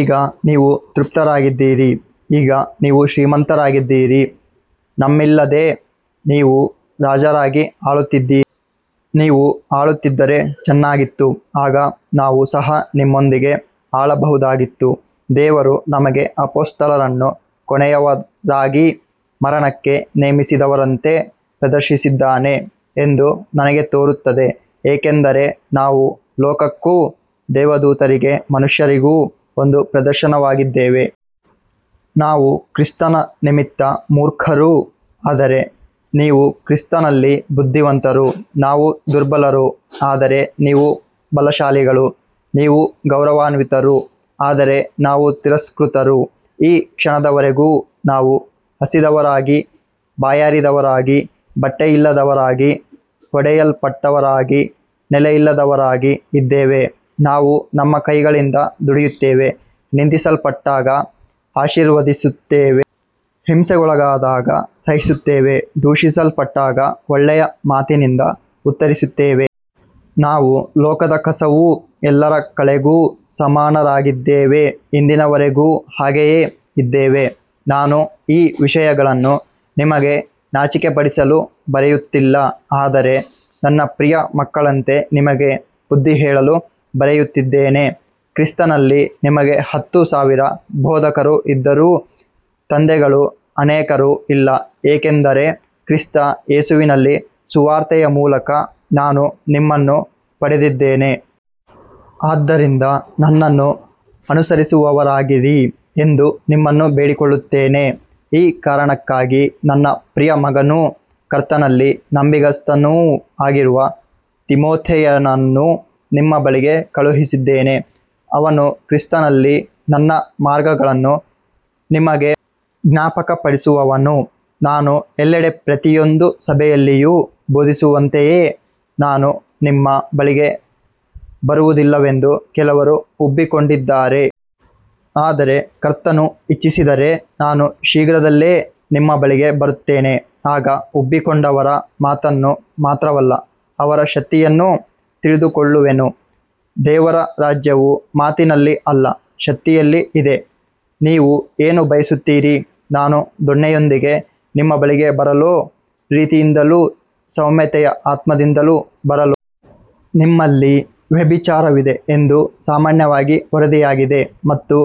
ಈಗ ನೀವು ತೃಪ್ತರಾಗಿದ್ದೀರಿ, ಈಗ ನೀವು ಶ್ರೀಮಂತರಾಗಿದ್ದೀರಿ, ನಮ್ಮಿಲ್ಲದೆ ನೀವು ರಾಜರಾಗಿ ಆಳುತ್ತಿದ್ದೀರಿ. ನೀವು ಆಳುತ್ತಿದ್ದರೆ ಚೆನ್ನಾಗಿತ್ತು, ಆಗ ನಾವು ಸಹ ನಿಮ್ಮೊಂದಿಗೆ ಆಳಬಹುದಾಗಿತ್ತು. ದೇವರು ನಮಗೆ ಅಪೊಸ್ತಲರನ್ನು ಕೊನೆಯವರಾಗಿ, ಮರಣಕ್ಕೆ ನೇಮಿಸಿದವರಂತೆ ಪ್ರದರ್ಶಿಸಿದ್ದಾನೆ ಎಂದು ನನಗೆ ತೋರುತ್ತದೆ, ಏಕೆಂದರೆ ನಾವು ಲೋಕಕ್ಕೂ ದೇವದೂತರಿಗೆ ಮನುಷ್ಯರಿಗೂ ಒಂದು ಪ್ರದರ್ಶನವಾಗಿದ್ದೇವೆ. ನಾವು ಕ್ರಿಸ್ತನ ನಿಮಿತ್ತ ಮೂರ್ಖರು, ಆದರೆ ನೀವು ಕ್ರಿಸ್ತನಲ್ಲಿ ಬುದ್ಧಿವಂತರು. ನಾವು ದುರ್ಬಲರು, ಆದರೆ ನೀವು ಬಲಶಾಲಿಗಳು. ನೀವು ಗೌರವಾನ್ವಿತರು, ಆದರೆ ನಾವು ತಿರಸ್ಕೃತರು. ಈ ಕ್ಷಣದವರೆಗೂ ನಾವು ಹಸಿದವರಾಗಿ, ಬಾಯಾರಿದವರಾಗಿ, ಬಟ್ಟೆಯಿಲ್ಲದವರಾಗಿ, ಹೊಡೆಯಲ್ಪಟ್ಟವರಾಗಿ, ನೆಲೆಯಿಲ್ಲದವರಾಗಿ ಇದ್ದೇವೆ. ನಾವು ನಮ್ಮ ಕೈಗಳಿಂದ ದುಡಿಯುತ್ತೇವೆ. ನಿಂದಿಸಲ್ಪಟ್ಟಾಗ ಆಶೀರ್ವದಿಸುತ್ತೇವೆ, ಹಿಂಸೆಗೊಳಗಾದಾಗ ಸಹಿಸುತ್ತೇವೆ, ದೂಷಿಸಲ್ಪಟ್ಟಾಗ ಒಳ್ಳೆಯ ಮಾತಿನಿಂದ ಉತ್ತರಿಸುತ್ತೇವೆ. ನಾವು ಲೋಕದ ಕಸವೂ ಎಲ್ಲರ ಕಳೆಗೂ ಸಮಾನರಾಗಿದ್ದೇವೆ, ಇಂದಿನವರೆಗೂ ಹಾಗೆಯೇ ಇದ್ದೇವೆ. ನಾನು ಈ ವಿಷಯಗಳನ್ನು ನಿಮಗೆ ನಾಚಿಕೆಪಡಿಸಲು ಬರೆಯುತ್ತಿಲ್ಲ, ಆದರೆ ನನ್ನ ಪ್ರಿಯ ಮಕ್ಕಳಂತೆ ನಿಮಗೆ ಬುದ್ಧಿಹೇಳಲು ಬರೆಯುತ್ತಿದ್ದೇನೆ. ಕ್ರಿಸ್ತನಲ್ಲಿ ನಿಮಗೆ ಹತ್ತು ಸಾವಿರ ಬೋಧಕರು ಇದ್ದರೂ ತಂದೆಗಳು ಅನೇಕರು ಇಲ್ಲ, ಏಕೆಂದರೆ ಕ್ರಿಸ್ತ ಯೇಸುವಿನಲ್ಲಿ ಸುವಾರ್ತೆಯ ಮೂಲಕ ನಾನು ನಿಮ್ಮನ್ನು ಪಡೆದಿದ್ದೇನೆ. ಆದ್ದರಿಂದ ನನ್ನನ್ನು ಅನುಸರಿಸುವವರಾಗಿರಿ ಎಂದು ನಿಮ್ಮನ್ನು ಬೇಡಿಕೊಳ್ಳುತ್ತೇನೆ. ಈ ಕಾರಣಕ್ಕಾಗಿ ನನ್ನ ಪ್ರಿಯ ಮಗನೂ ಕರ್ತನಲ್ಲಿ ನಂಬಿಗಸ್ತನೂ ಆಗಿರುವ ತಿಮೊಥೆಯನನ್ನು ನಿಮ್ಮ ಬಳಿಗೆ ಕಳುಹಿಸಿದ್ದೇನೆ. ಅವನು ಕ್ರಿಸ್ತನಲ್ಲಿ ನನ್ನ ಮಾರ್ಗಗಳನ್ನು ನಿಮಗೆ ಜ್ಞಾಪಕಪಡಿಸುವನು, ನಾನು ಎಲ್ಲೆಡೆ ಪ್ರತಿಯೊಂದು ಸಭೆಯಲ್ಲಿಯೂ ಬೋಧಿಸುವಂತೆಯೇ. ನಾನು ನಿಮ್ಮ ಬಳಿಗೆ ಬರುವುದಿಲ್ಲವೆಂದು ಕೆಲವರು ಉಬ್ಬಿಕೊಂಡಿದ್ದಾರೆ. ಆದರೆ ಕರ್ತನು ಇಚ್ಛಿಸಿದರೆ ನಾನು ಶೀಘ್ರದಲ್ಲೇ ನಿಮ್ಮ ಬಳಿಗೆ ಬರುತ್ತೇನೆ. ಆಗ ಉಬ್ಬಿಕೊಂಡವರ ಮಾತನ್ನು ಮಾತ್ರವಲ್ಲ, ಅವರ ಶಕ್ತಿಯನ್ನೂ ತಿಳಿದುಕೊಳ್ಳುವೆನು. ದೇವರ ರಾಜ್ಯವು ಮಾತಿನಲ್ಲಿ ಅಲ್ಲ, ಶಕ್ತಿಯಲ್ಲಿ ಇದೆ. ನೀವು ಏನು ಬಯಸುತ್ತೀರಿ, ನಾನು ದೊಣ್ಣೆಯೊಂದಿಗೆ ನಿಮ್ಮ ಬಳಿಗೆ ಬರಲೋ, ಪ್ರೀತಿಯಿಂದಲೂ ಸೌಮ್ಯತೆಯ ಆತ್ಮದಿಂದಲೂ ಬರಲೋ. ನಿಮ್ಮಲ್ಲಿ ವ್ಯಭಿಚಾರವಿದೆ ಎಂದು ಸಾಮಾನ್ಯವಾಗಿ ವರದಿಯಾಗಿದೆ, ಮತ್ತು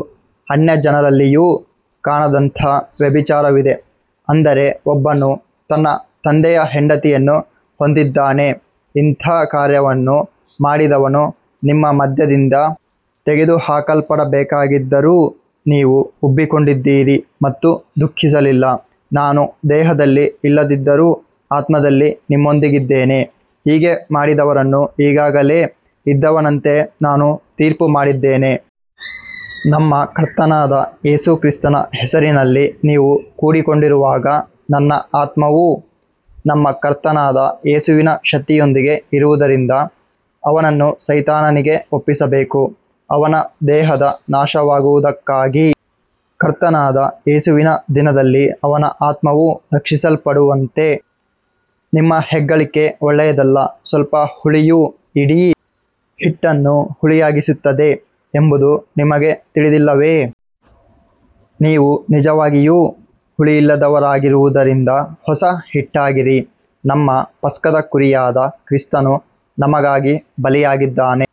ಅನ್ಯಜನರಲ್ಲಿಯೂ ಕಾಣದಂಥ ವ್ಯಭಿಚಾರವಿದೆ, ಅಂದರೆ ಒಬ್ಬನು ತನ್ನ ತಂದೆಯ ಹೆಂಡತಿಯನ್ನು ಹೊಂದಿದ್ದಾನೆ. ಇಂಥ ಕಾರ್ಯವನ್ನು ಮಾಡಿದವನು ನಿಮ್ಮ ಮಧ್ಯದಿಂದ ತೆಗೆದುಹಾಕಲ್ಪಡಬೇಕಾಗಿದ್ದರೂ ನೀವು ಉಬ್ಬಿಕೊಂಡಿದ್ದೀರಿ ಮತ್ತು ದುಃಖಿಸಲಿಲ್ಲ. ನಾನು ದೇಹದಲ್ಲಿ ಇಲ್ಲದಿದ್ದರೂ ಆತ್ಮದಲ್ಲಿ ನಿಮ್ಮೊಂದಿಗಿದ್ದೇನೆ. ಹೀಗೆ ಮಾಡಿದವನನ್ನು ಈಗಾಗಲೇ ಇದ್ದವನಂತೆ ನಾನು ತೀರ್ಪುಮಾಡಿದ್ದೇನೆ. ನಮ್ಮ ಕರ್ತನಾದ ಯೇಸು ಕ್ರಿಸ್ತನ ಹೆಸರಿನಲ್ಲಿ ನೀವು ಕೂಡಿಕೊಂಡಿರುವಾಗ, ನನ್ನ ಆತ್ಮವೂ ನಮ್ಮ ಕರ್ತನಾದ ಯೇಸುವಿನ ಶಕ್ತಿಯೊಂದಿಗೆ ಇರುವುದರಿಂದ, ಅವನನ್ನು ಸೈತಾನನಿಗೆ ಒಪ್ಪಿಸಬೇಕು, ಅವನ ದೇಹದ ನಾಶವಾಗುವುದಕ್ಕಾಗಿ, ಕರ್ತನಾದ ಯೇಸುವಿನ ದಿನದಲ್ಲಿ ಅವನ ಆತ್ಮವು ರಕ್ಷಿಸಲ್ಪಡುವಂತೆ. ನಿಮ್ಮ ಹೆಗ್ಗಳಿಕೆ ಒಳ್ಳೆಯದಲ್ಲ. ಸ್ವಲ್ಪ ಹುಳಿಯು ಇಡೀ ಹಿಟ್ಟನ್ನು ಹುಳಿಯಾಗಿಸುತ್ತದೆ ಎಂಬುದು ನಿಮಗೆ ತಿಳಿದಿಲ್ಲವೇ. ನೀವು ನಿಜವಾಗಿಯೂ ಹುಳಿಯಿಲ್ಲದವರಾಗಿರುವುದರಿಂದ ಹೊಸ ಹಿಟ್ಟಾಗಿರಿ. ನಮ್ಮ ಪಸ್ಕದ ಕುರಿಯಾದ ಕ್ರಿಸ್ತನು ನಮಗಾಗಿ ಬಲಿಯಾಗಿದ್ದಾನೆ.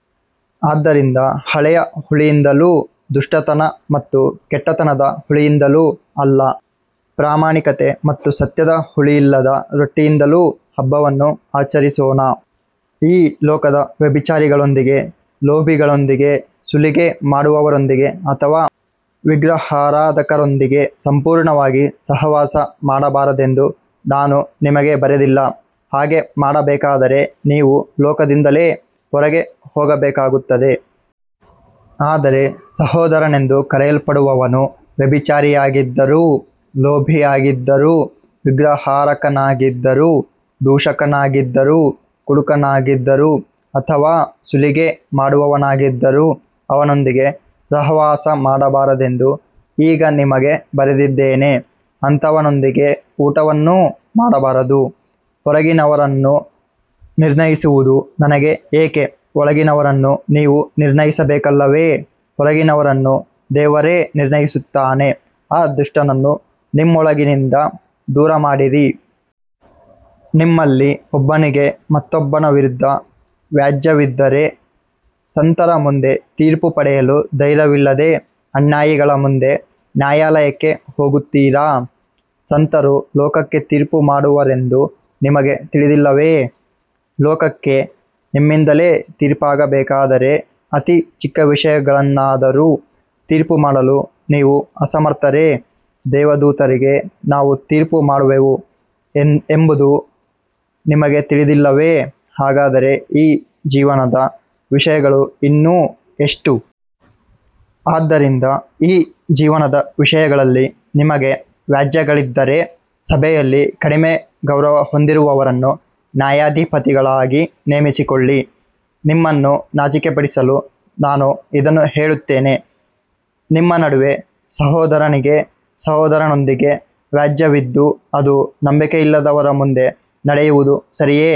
ಆದ್ದರಿಂದ ಹಳೆಯ ಹುಳಿಯಿಂದಲೂ ದುಷ್ಟತನ ಮತ್ತು ಕೆಟ್ಟತನದ ಹುಳಿಯಿಂದಲೂ ಅಲ್ಲ, ಪ್ರಾಮಾಣಿಕತೆ ಮತ್ತು ಸತ್ಯದ ಹುಳಿಯಿಲ್ಲದ ರೊಟ್ಟಿಯಿಂದಲೂ ಹಬ್ಬವನ್ನು ಆಚರಿಸೋಣ. ಈ ಲೋಕದ ವ್ಯಭಿಚಾರಿಗಳೊಂದಿಗೆ, ಲೋಭಿಗಳೊಂದಿಗೆ, ಸುಲಿಗೆ ಮಾಡುವವರೊಂದಿಗೆ ಅಥವಾ ವಿಗ್ರಹಾರಾಧಕರೊಂದಿಗೆ ಸಂಪೂರ್ಣವಾಗಿ ಸಹವಾಸ ಮಾಡಬಾರದೆಂದು ನಾನು ನಿಮಗೆ ಬರೆದಿಲ್ಲ, ಹಾಗೆ ಮಾಡಬೇಕಾದರೆ ನೀವು ಲೋಕದಿಂದಲೇ ಹೊರಗೆ ಹೋಗಬೇಕಾಗುತ್ತದೆ. ಆದರೆ ಸಹೋದರನೆಂದು ಕರೆಯಲ್ಪಡುವವನು ವ್ಯಭಿಚಾರಿಯಾಗಿದ್ದರೂ, ಲೋಭಿಯಾಗಿದ್ದರೂ, ವಿಗ್ರಹಾರಾಧಕನಾಗಿದ್ದರೂ, ದೂಷಕನಾಗಿದ್ದರೂ, ಕುಡುಕನಾಗಿದ್ದರೂ ಅಥವಾ ಸುಲಿಗೆ ಮಾಡುವವನಾಗಿದ್ದರೂ ಅವನೊಂದಿಗೆ ಸಹವಾಸ ಮಾಡಬಾರದೆಂದು ಈಗ ನಿಮಗೆ ಬರೆದಿದ್ದೇನೆ, ಅಂಥವನೊಂದಿಗೆ ಊಟವನ್ನೂ ಮಾಡಬಾರದು. ಹೊರಗಿನವರನ್ನು ನಿರ್ಣಯಿಸುವುದು ನನಗೆ ಏಕೆ. ಒಳಗಿನವರನ್ನು ನೀವು ನಿರ್ಣಯಿಸಬೇಕಲ್ಲವೇ. ಹೊರಗಿನವರನ್ನು ದೇವರೇ ನಿರ್ಣಯಿಸುತ್ತಾನೆ. ಆ ದುಷ್ಟನನ್ನು ನಿಮ್ಮೊಳಗಿಂದ ದೂರಮಾಡಿರಿ. ನಿಮ್ಮಲ್ಲಿ ಒಬ್ಬನಿಗೆ ಮತ್ತೊಬ್ಬನ ವಿರುದ್ಧ ವ್ಯಾಜ್ಯವಿದ್ದರೆ, ಸಂತರ ಮುಂದೆ ತೀರ್ಪು ಪಡೆಯಲು ಧೈರ್ಯವಿಲ್ಲದೆ ಅನ್ಯಾಯಿಗಳ ಮುಂದೆ ನ್ಯಾಯಾಲಯಕ್ಕೆ ಹೋಗುತ್ತೀರಾ. ಸಂತರು ಲೋಕಕ್ಕೆ ತೀರ್ಪು ಮಾಡುವರೆಂದು ನಿಮಗೆ ತಿಳಿದಿಲ್ಲವೇ. ಲೋಕಕ್ಕೆ ನಿಮ್ಮಿಂದಲೇ ತೀರ್ಪಾಗಬೇಕಾದರೆ, ಅತಿ ಚಿಕ್ಕ ವಿಷಯಗಳನ್ನಾದರೂ ತೀರ್ಪುಮಾಡಲು ನೀವು ಅಸಮರ್ಥರೇ. ದೇವದೂತರಿಗೆ ನಾವು ತೀರ್ಪು ಮಾಡುವೆವು ಎಂಬುದು ನಿಮಗೆ ತಿಳಿದಿಲ್ಲವೇ, ಹಾಗಾದರೆ ಈ ಜೀವನದ ವಿಷಯಗಳು ಇನ್ನೂ ಎಷ್ಟು. ಆದ್ದರಿಂದ ಈ ಜೀವನದ ವಿಷಯಗಳಲ್ಲಿ ನಿಮಗೆ ವ್ಯಾಜ್ಯಗಳಿದ್ದರೆ, ಸಭೆಯಲ್ಲಿ ಕಡಿಮೆ ಗೌರವ ಹೊಂದಿರುವವರನ್ನು ನ್ಯಾಯಾಧಿಪತಿಗಳಾಗಿ ನೇಮಿಸಿಕೊಳ್ಳಿ. ನಿಮ್ಮನ್ನು ನಾಚಿಕೆಪಡಿಸಲು ನಾನು ಇದನ್ನು ಹೇಳುತ್ತೇನೆ. ನಿಮ್ಮ ನಡುವೆ ಸಹೋದರನಿಗೆ ಸಹೋದರನೊಂದಿಗೆ ವ್ಯಾಜ್ಯವಿದ್ದು, ಅದು ನಂಬಿಕೆಯಿಲ್ಲದವರ ಮುಂದೆ ನಡೆಯುವುದು ಸರಿಯೇ.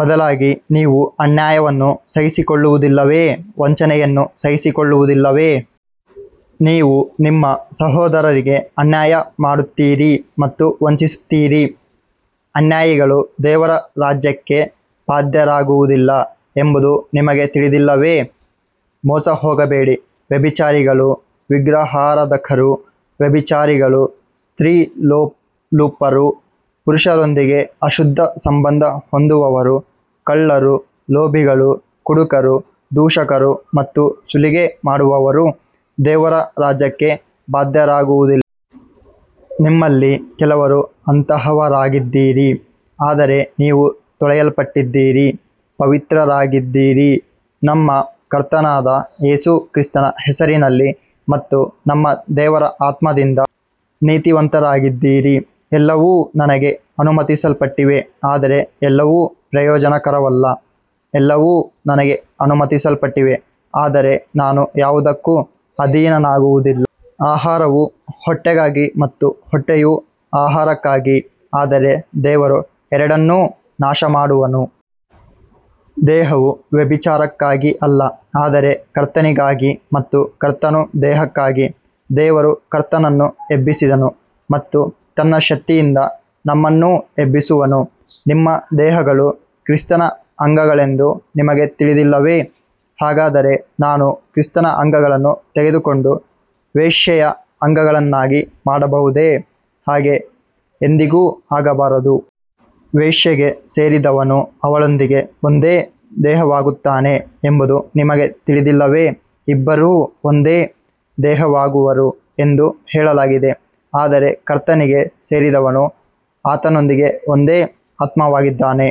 ಬದಲಾಗಿ ನೀವು ಅನ್ಯಾಯವನ್ನು ಸಹಿಸಿಕೊಳ್ಳುವುದಿಲ್ಲವೇ, ವಂಚನೆಯನ್ನು ಸಹಿಸಿಕೊಳ್ಳುವುದಿಲ್ಲವೇ. ನೀವು ನಿಮ್ಮ ಸಹೋದರರಿಗೇ ಅನ್ಯಾಯ ಮಾಡುತ್ತೀರಿ ಮತ್ತು ವಂಚಿಸುತ್ತೀರಿ. ಅನ್ಯಾಯಿಗಳು ದೇವರ ರಾಜ್ಯಕ್ಕೆ ಬಾಧ್ಯರಾಗುವುದಿಲ್ಲ ಎಂಬುದು ನಿಮಗೆ ತಿಳಿದಿಲ್ಲವೇ. ಮೋಸಹೋಗಬೇಡಿ. ವ್ಯಭಿಚಾರಿಗಳು, ವಿಗ್ರಹಾರಾಧಕರು, ವ್ಯಭಿಚಾರಿಗಳು, ಸ್ತ್ರೀಲೋಲುಪರು, ಪುರುಷರೊಂದಿಗೆ ಅಶುದ್ಧ ಸಂಬಂಧ ಹೊಂದುವವರು, ಕಳ್ಳರು, ಲೋಭಿಗಳು, ಕುಡುಕರು, ದೂಷಕರು ಮತ್ತು ಸುಲಿಗೆ ಮಾಡುವವರು ದೇವರ ರಾಜ್ಯಕ್ಕೆ ಬಾಧ್ಯರಾಗುವುದಿಲ್ಲ. ನಿಮ್ಮಲ್ಲಿ ಕೆಲವರು ಅಂತಹವರಾಗಿದ್ದಿರಿ. ಆದರೆ ನೀವು ತೊಳೆಯಲ್ಪಟ್ಟಿದ್ದೀರಿ, ಪವಿತ್ರರಾಗಿದ್ದೀರಿ, ನಮ್ಮ ಕರ್ತನಾದ ಯೇಸು ಕ್ರಿಸ್ತನ ಹೆಸರಿನಲ್ಲಿ ಮತ್ತು ನಮ್ಮ ದೇವರ ಆತ್ಮದಿಂದ ನೀತಿವಂತರಾಗಿದ್ದೀರಿ. ಎಲ್ಲವೂ ನನಗೆ ಅನುಮತಿಸಲ್ಪಟ್ಟಿವೆ, ಆದರೆ ಎಲ್ಲವೂ ಪ್ರಯೋಜನಕರವಲ್ಲ. ಎಲ್ಲವೂ ನನಗೆ ಅನುಮತಿಸಲ್ಪಟ್ಟಿವೆ, ಆದರೆ ನಾನು ಯಾವುದಕ್ಕೂ ಅಧೀನನಾಗುವುದಿಲ್ಲ. ಆಹಾರವು ಹೊಟ್ಟೆಗಾಗಿ ಮತ್ತು ಹೊಟ್ಟೆಯು ಆಹಾರಕ್ಕಾಗಿ, ಆದರೆ ದೇವರು ಎರಡನ್ನೂ ನಾಶಮಾಡುವನು. ದೇಹವು ವ್ಯಭಿಚಾರಕ್ಕಾಗಿ ಅಲ್ಲ, ಆದರೆ ಕರ್ತನಿಗಾಗಿ, ಮತ್ತು ಕರ್ತನು ದೇಹಕ್ಕಾಗಿ. ದೇವರು ಕರ್ತನನ್ನು ಎಬ್ಬಿಸಿದನು ಮತ್ತು ತನ್ನ ಶಕ್ತಿಯಿಂದ ನಮ್ಮನ್ನೂ ಎಬ್ಬಿಸುವನು. ನಿಮ್ಮ ದೇಹಗಳು ಕ್ರಿಸ್ತನ ಅಂಗಗಳೆಂದು ನಿಮಗೆ ತಿಳಿದಿಲ್ಲವೇ. ಹಾಗಾದರೆ ನಾನು ಕ್ರಿಸ್ತನ ಅಂಗಗಳನ್ನು ತೆಗೆದುಕೊಂಡು ವೇಶ್ಯೆಯ ಅಂಗಗಳನ್ನಾಗಿ ಮಾಡಬಹುದೇ. ಹಾಗೆ ಎಂದಿಗೂ ಆಗಬಾರದು. ವೇಶ್ಯೆಗೆ ಸೇರಿದವನು ಅವಳೊಂದಿಗೆ ಒಂದೇ ದೇಹವಾಗುತ್ತಾನೆ ಎಂಬುದು ನಿಮಗೆ ತಿಳಿದಿಲ್ಲವೇ, ಇಬ್ಬರೂ ಒಂದೇ ದೇಹವಾಗುವರು ಎಂದು ಹೇಳಲಾಗಿದೆ. ಆದರೆ ಕರ್ತನಿಗೆ ಸೇರಿದವನು ಆತನೊಂದಿಗೆ ಒಂದೇ ಆತ್ಮವಾಗಿದ್ದಾನೆ.